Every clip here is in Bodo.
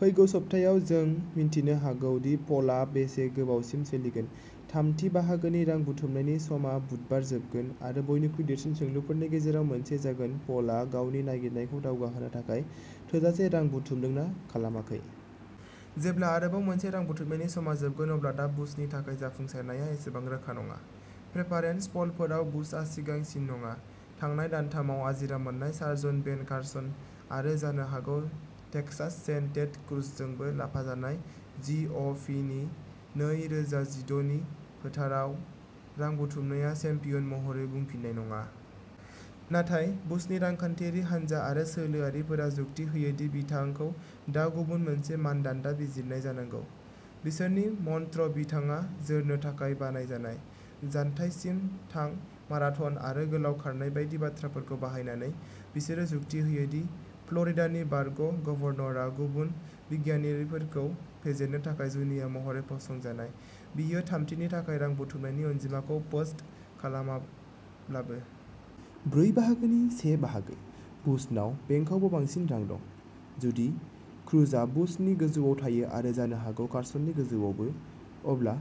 फैगौ सप्तायाव, जों मिथिनो हागौ दि पलआ बेसे गोबावसिम सोलिगोन। थामथि बाहागोनि रां बुथुमनायनि समा बुधबार जोबगोन आरो बयनिख्रुइ देरसिन सोंलुफोरनि गेजेराव मोनसेआ जागोन पलआ गावनि नागिरनायखौ दावगाहोनो थाखाय थोजासे रां बुथुमदों ना खालामाखै। जेब्ला आरोबाव मोनसे रां बुथुमनायनि समआ जोबगोन, अब्ला दा बुसनि थाखाय जाफुंसारनाया एसेबां रोखा नङा। प्रेफारेन्स प'लफोराव बुशआ सिगांसिन नङा, थांनाय दानथामाव आजिरा मोननाय सार्जन बेन कार्सन आरो जानो हागौ टेक्सास सेन टेड क्रुजजोंबो लाफाजानाय जि अ' फि नि नै रोजा जिद' नि फोथाराव रां बुथुमनायाव चेम्पियन महरै बुंफिननाय नङा। नाथाय बुसनि रांखान्थियारि हानजा आरो सोलोआरिफोरा जुक्ति होयो दि बिथांखौ दा गुबुन मोनसे मानदान्दा बिजिरनाय जानांगौ। बिसोरनि मन्त्र बिथाङा जोरनो थाखाय बानायजानाय। जानथायसिम थां माराथन आरो गोलाव खारनाय बायदि बाथ्राफोरखौ बाहायनानै, बिसोरो जुक्ति होयो दि फ्ल'रिडानि बारग' गभर्नरआ गुबुन बिनायगिरिफोरखौ फेजेननो थाखाय जुनिया महरै फसंजानाय, बियो थामथिनि थाखाय रां बुथुमनायनि अनजिमाखौ पोस्ट खालामब्लाबो। ब्रै बाहागोनि से बाहागो। बुशनाव बेंकावबो बांसिन रां दं। जुदि क्रुजआ बुशनि गोजौआव थायो आरो जानो हागौ कार्सननि गोजौआवबो, अब्ला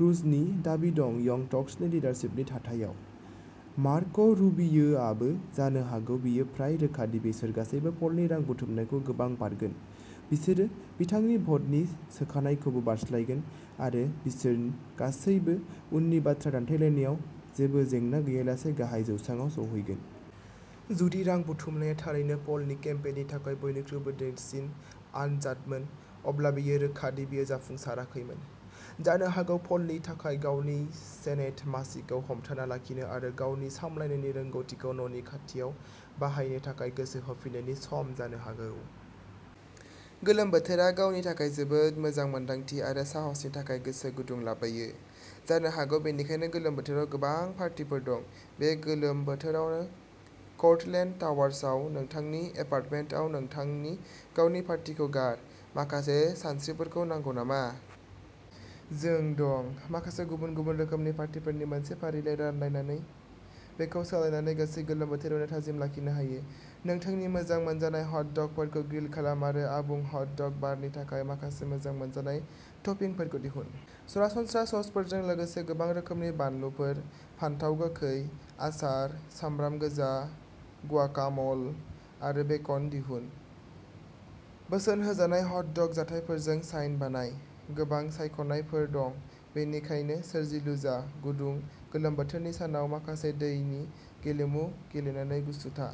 क्रुजनि दाबि दं यंग टर्कस लिडारशिपनि थाथायाव। मार्क'रुबियोआबो जानो हागौ। बेयो फ्राय रोखा दि बिसोर गासैबो पलनि रां बुथुमनायखौ गोबां बारगोन बिसोरो बिथांनि भट सोनायखौबो बारस्लायगोन आरो बिसोर गासैबो उननि बाथ्रा दान्थेलायनायाव जेबो जेंना गैयालासे गाहाय जौसांआव सौहैगोन। जुदि रां बुथुमनाया थारैनो पलनि केम्पेइननि थाखाय बयनिख्रुइ देरसिन आनजादमोन, अब्ला बेयो रोखा दि बेयो जाफुंसाराखैमोन। जानो हागौ पलनि थाखाय गावनि सेनेट मासिखौ हमथाना लाखिनो आरो गावनि सामलायनायनि रोंग'थिखौ न'नि खाथियाव बाहायनो थाखाय गोसो होफिननायनि सम जानो हागौ। गोलोम बोथोरा गावनि थाखाय जोबोद मोजां मोनदांथि आरो साहसनि थाखाय गोसो गुदुं लाबोयो। जानो हागौ बेनिखायनो गोलोम बोथोराव गोबां पार्टीफोर दं बे गोलोम बोथोराव कर्टलेन्ड टावार्सआव नोंथांनि एपार्टमेन्टआव नोंथांनि गावनि पार्टीखौ गार। माखासे सानस्रिफोरखौ नांगौ नामा? जों दं। माखासे गुबुन-गुबुन रोखोमनि पार्टीफोरनि मोनसे फारिलाइ रानलायनानै बेखौ सोलायनानै गासै गोलोम बोथोराव थाजिम लाखिनो हायो। नोंथांनि मोजां मोनजानाय हट डगफोरखौ ग्रिल खालाम आरो आबुं हट डग बारनि थाखाय माखासे मोजां मोनजानाय टपिंफोरखौ दिहुन। सरासनस्रा ससफोरजों लोगोसे गोबां रोखोमनि बानलुफोर, फानथाव गोखै, आसार, सामब्राम गोजा, ग्वाकाम'ल आरो बेकन दिहुन। बोसोन होजानाय हट डग जथायफोरजों साइन बानाय। गोबां सायख'नायफोर दं, बेनिखायनो सोरजिलु जा गुदुं गोलोम बोथोरनि सानाव माखासे दैनि गेलेमु गेलेनानै गुसु था।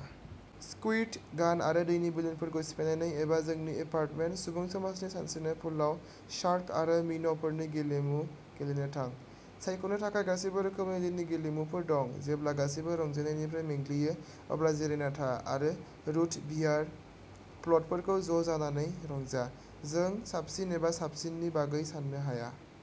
स्कुइर्ट गान आरो दैनि बेलुनफोरखौ सिफायनानै एबा जोंनि एपार्टमेन्ट सुबुं समाजनि सानस्रिनाय पुलआव शार्क आरो मिन'फोरनि गेलेमु गेलेनो थां। सायख'नो थाखाय गासैबो रोखोमनि दैनि गेलेमुफोर दं जेब्ला गासैबो रंजानायनिफ्राय मेंग्लियो, अब्ला जिरायना था आरो रुट बियार फ्ल'टफोरखौ ज' जानानै रंजा। जों साबसिन एबा साबसिननि बागै साननो हाया।